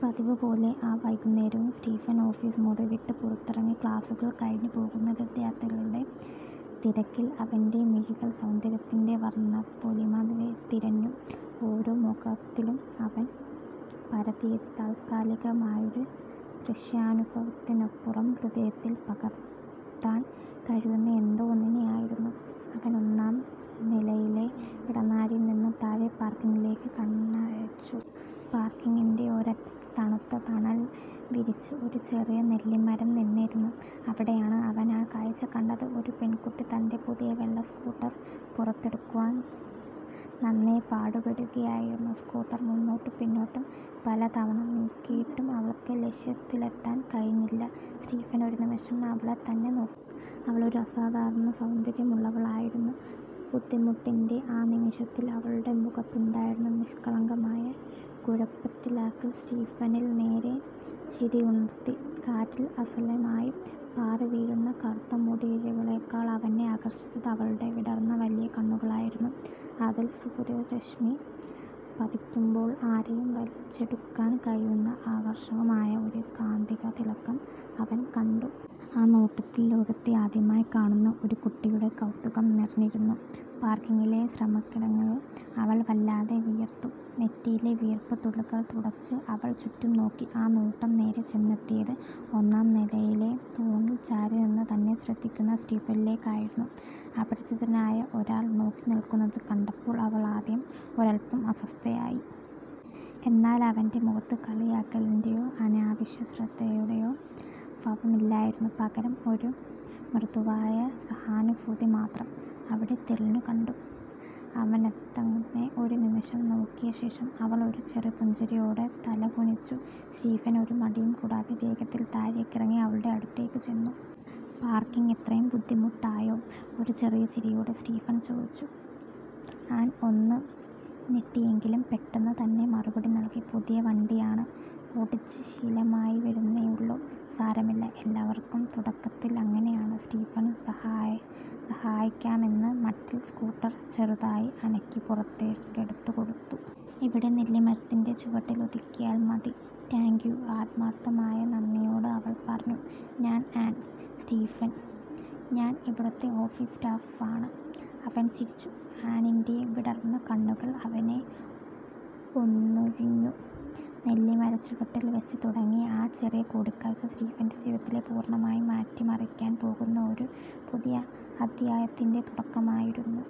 പതിവുപോലെ ആ വൈകുന്നേരവും സ്റ്റീഫൻ ഓഫീസ് മുറി വിട്ട് പുറത്തിറങ്ങി. ക്ലാസ്സുകൾ കഴിഞ്ഞ് പോകുന്ന വിദ്യാർത്ഥികളുടെ തിരിക്കിൽ അവന്റെ മിഴികൾ സൗന്ദര്യത്തിന്റെ വർണ്ണപ്പൊലിമ തിരഞ്ഞു. ഓരോ മുഖത്തിലും അവൻ പരതിയത്, താൽക്കാലികമായൊരു ദൃശ്യാനുഭവത്തിനപ്പുറം ഹൃദയത്തിൽ പകർത്താൻ കഴിയുന്ന എന്തോ ഒന്നിനെയായിരുന്നു. അവൻ ഒന്നാം നിലയിലെ ഇടനാഴിയിൽ നിന്ന് താഴെ പാർക്കിങ്ങിലേക്ക് കണ്ണയച്ചു. പാർക്കിങ്ങിന്റെ ഒരറ്റത്ത്, തണുത്ത തണൽ വിരിച്ച് ഒരു ചെറിയ നെല്ലിമരം നിന്നിരുന്നു. അവിടെയാണ് അവൻ ആ കാഴ്ച കണ്ടത്. ഒരു പെൺകുട്ടി തന്റെ പുതിയ വെള്ള സ്കൂട്ടർ പുറത്തെടുക്കാൻ നന്നേ പാടുപെടുകയായിരുന്നു. സ്കൂട്ടർ മുന്നോട്ടും പിന്നോട്ടും പലതവണ നീക്കിയിട്ടും അവൾക്ക് ലക്ഷ്യത്തിലെത്താൻ കഴിഞ്ഞില്ല. സ്റ്റീഫൻ ഒരു നിമിഷം അവളെത്തന്നെ നോക്കി നിന്നു. അവളൊരു അസാധാരണ സൗന്ദര്യമുള്ളവളായിരുന്നു. ബുദ്ധിമുട്ടിന്റെ ആ നിമിഷത്തിൽ അവളുടെ മുഖത്തുണ്ടായിരുന്ന നിഷ്കളങ്കമായ കുഴപ്പത്തിലാകൽ സ്റ്റീഫനിൽ നേരിയ ചിരിയുണർത്തി. കാറ്റിൽ അലസമായി പാറിവീഴുന്ന കറുത്ത മുടിയിഴകളെക്കാൾ അവനെ ആകർഷിച്ചത് അവളുടെ വിടർന്ന വലിയ കണ്ണുകളായിരുന്നു. അതിൽ സൂര്യരശ്മി പതിക്കുമ്പോൾ ആരെയും വലിച്ചെടുക്കാൻ കഴിയുന്ന ആകർഷകമായ ഒരു കാന്തിക തിളക്കം അവൻ കണ്ടു. ആ നോട്ടത്തിൽ, ലോകത്തെ ആദ്യമായി കാണുന്ന ഒരു കുട്ടിയുടെ കൗതുകം നിറഞ്ഞിരുന്നു. പാർക്കിങ്ങിലെ ശ്രമങ്ങൾക്കിടയിൽ അവൾ വല്ലാതെ വിയർത്തു. നെറ്റിയിലെ വിയർപ്പ് തുള്ളികൾ തുടച്ച് അവൾ ചുറ്റും നോക്കി. ആ നോട്ടം നേരെ ചെന്നെത്തിയത്, ഒന്നാം നിലയിലെ തൂണിൽ ചാരിനിന്ന് തന്നെ ശ്രദ്ധിക്കുന്ന സ്റ്റീഫനിലേക്കായിരുന്നു. അപരിചിതനായ ഒരാൾ നോക്കി നിൽക്കുന്നത് കണ്ടപ്പോൾ അവൾ ആദ്യം ഒരൽപ്പം അസ്വസ്ഥയായി. എന്നാൽ അവന്റെ മുഖത്ത് കളിയാക്കലിന്റെയോ അനാവശ്യ ശ്രദ്ധയുടെയോ ഭാവമില്ലായിരുന്നു; പകരം, ഒരു മൃദുവായ സഹാനുഭൂതി മാത്രം അവിടെ തെളിഞ്ഞു കണ്ടു. അവനെത്തന്നെ ഒരു നിമിഷം നോക്കിയ ശേഷം, അവൾ ഒരു ചെറു പുഞ്ചിരിയോടെ തലകുനിച്ചു. സ്റ്റീഫൻ ഒരു മടിയും കൂടാതെ വേഗത്തിൽ താഴെയിറങ്ങി അവളുടെ അടുത്തേക്ക് ചെന്നു. "പാർക്കിംഗ് ഇത്ര ബുദ്ധിമുട്ടായോ? " ഒരു ചെറിയ ചിരിയോടെ സ്റ്റീഫൻ ചോദിച്ചു. ആൻ ഒന്ന് ഞെട്ടിയെങ്കിലും പെട്ടെന്ന് തന്നെ മറുപടി നൽകി "പുതിയ വണ്ടിയാണ്. ഓടിച്ച് ശീലമായി വരുന്നതേയുള്ളൂ. " "സാരമില്ല, എല്ലാവർക്കും തുടക്കത്തിൽ അങ്ങനെയാണ്," സ്റ്റീഫൻ സഹായി സഹായിക്കാമെന്ന മട്ടിൽ സ്കൂട്ടർ ചെറുതായി അനക്കി പുറത്തെടുത്ത് കൊടുത്തു. "ഇവിടെ നെല്ലിമരത്തിന്റെ ചുവട്ടിൽ ഒതുക്കിയാൽ മതി. " "താങ്ക് യു… " ആത്മാർത്ഥമായ നന്ദിയോടെ അവൾ പറഞ്ഞു. "ഞാൻ ആൻ. " "സ്റ്റീഫൻ. ഞാൻ ഇവിടുത്തെ ഓഫീസ് സ്റ്റാഫ് ആണ്," അവൻ ചിരിച്ചു. ആനിന്റെ വിടർന്ന കണ്ണുകൾ അവനെ ഒന്നുഴിഞ്ഞു. നെല്ലിമരച്ചുവട്ടിൽ വെച്ച് തുടങ്ങിയ ആ ചെറിയ കൂടിക്കാഴ്ച, സ്റ്റീഫന്റെ ജീവിതത്തെ പൂർണ്ണമായി മാറ്റിമറിക്കാൻ പോകുന്ന ഒരു പുതിയ അദ്ധ്യായത്തിന്റെ തുടക്കമായിരുന്നു.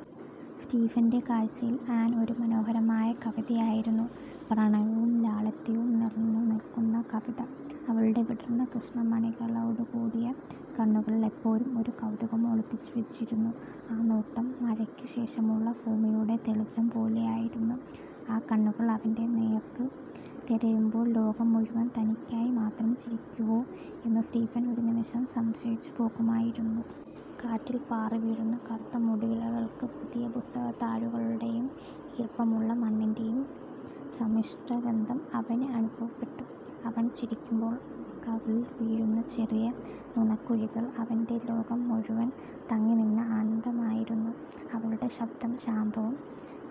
സ്റ്റീഫന്റെ കാഴ്ചയിൽ ആൻ ഒരു മനോഹരമായ കവിതയായിരുന്നു. പ്രണയവും ലാളിത്യവും നിറഞ്ഞുനിന്ന കവിത. അവളുടെ വിടർന്ന കൃഷ്ണമണികളോടുകൂടിയ കണ്ണുകളിൽ എപ്പോഴും ഒരു കൗതുകം ഒളിപ്പിച്ചു വെച്ചിരുന്നു. ആ നോട്ടം, മഴയ്ക്ക് ശേഷമുള്ള ഭൂമിയുടെ തെളിച്ചം പോലെയായിരുന്നു. ആ കണ്ണുകൾ അവന്റെ നേർക്ക് തിരിയുമ്പോൾ, ലോകം മുഴുവൻ തനിക്കായി മാത്രം ചിരിക്കുന്നുവോ എന്ന് സ്റ്റീഫൻ ഒരു നിമിഷം സംശയിച്ചു പോകുമായിരുന്നു. കാറ്റിൽ പാറിവീഴുന്ന കറുത്ത മുടിയിഴകൾക്ക് പുതിയ പുസ്തകത്താളുകളുടെയും ഈർപ്പമുള്ള മണ്ണിന്റെയും സമ്മിശ്രഗന്ധം അവന് അനുഭവപ്പെട്ടു. അവൾ ചിരിക്കുമ്പോൾ കവിളിൽ വീഴുന്ന ചെറിയ നുണക്കുഴികൾ, അവന്റെ ലോകം മുഴുവൻ തങ്ങിനിന്ന ആനന്ദമായിരുന്നു. അവളുടെ ശബ്ദം ശാന്തവും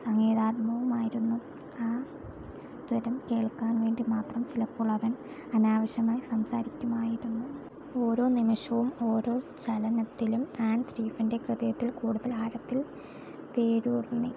സംഗീതാത്മകവുമായിരുന്നു. ആ സ്വരം കേൾക്കാൻ വേണ്ടി മാത്രം ചിലപ്പോൾ അവൻ അനാവശ്യമായി സംസാരിക്കുമായിരുന്നു. ഓരോ നിമിഷവും, ഓരോ ചലനത്തിലും, ആൻ സ്റ്റീഫന്റെ ഹൃദയത്തിൽ കൂടുതൽ ആഴത്തിൽ വേരൂന്നി.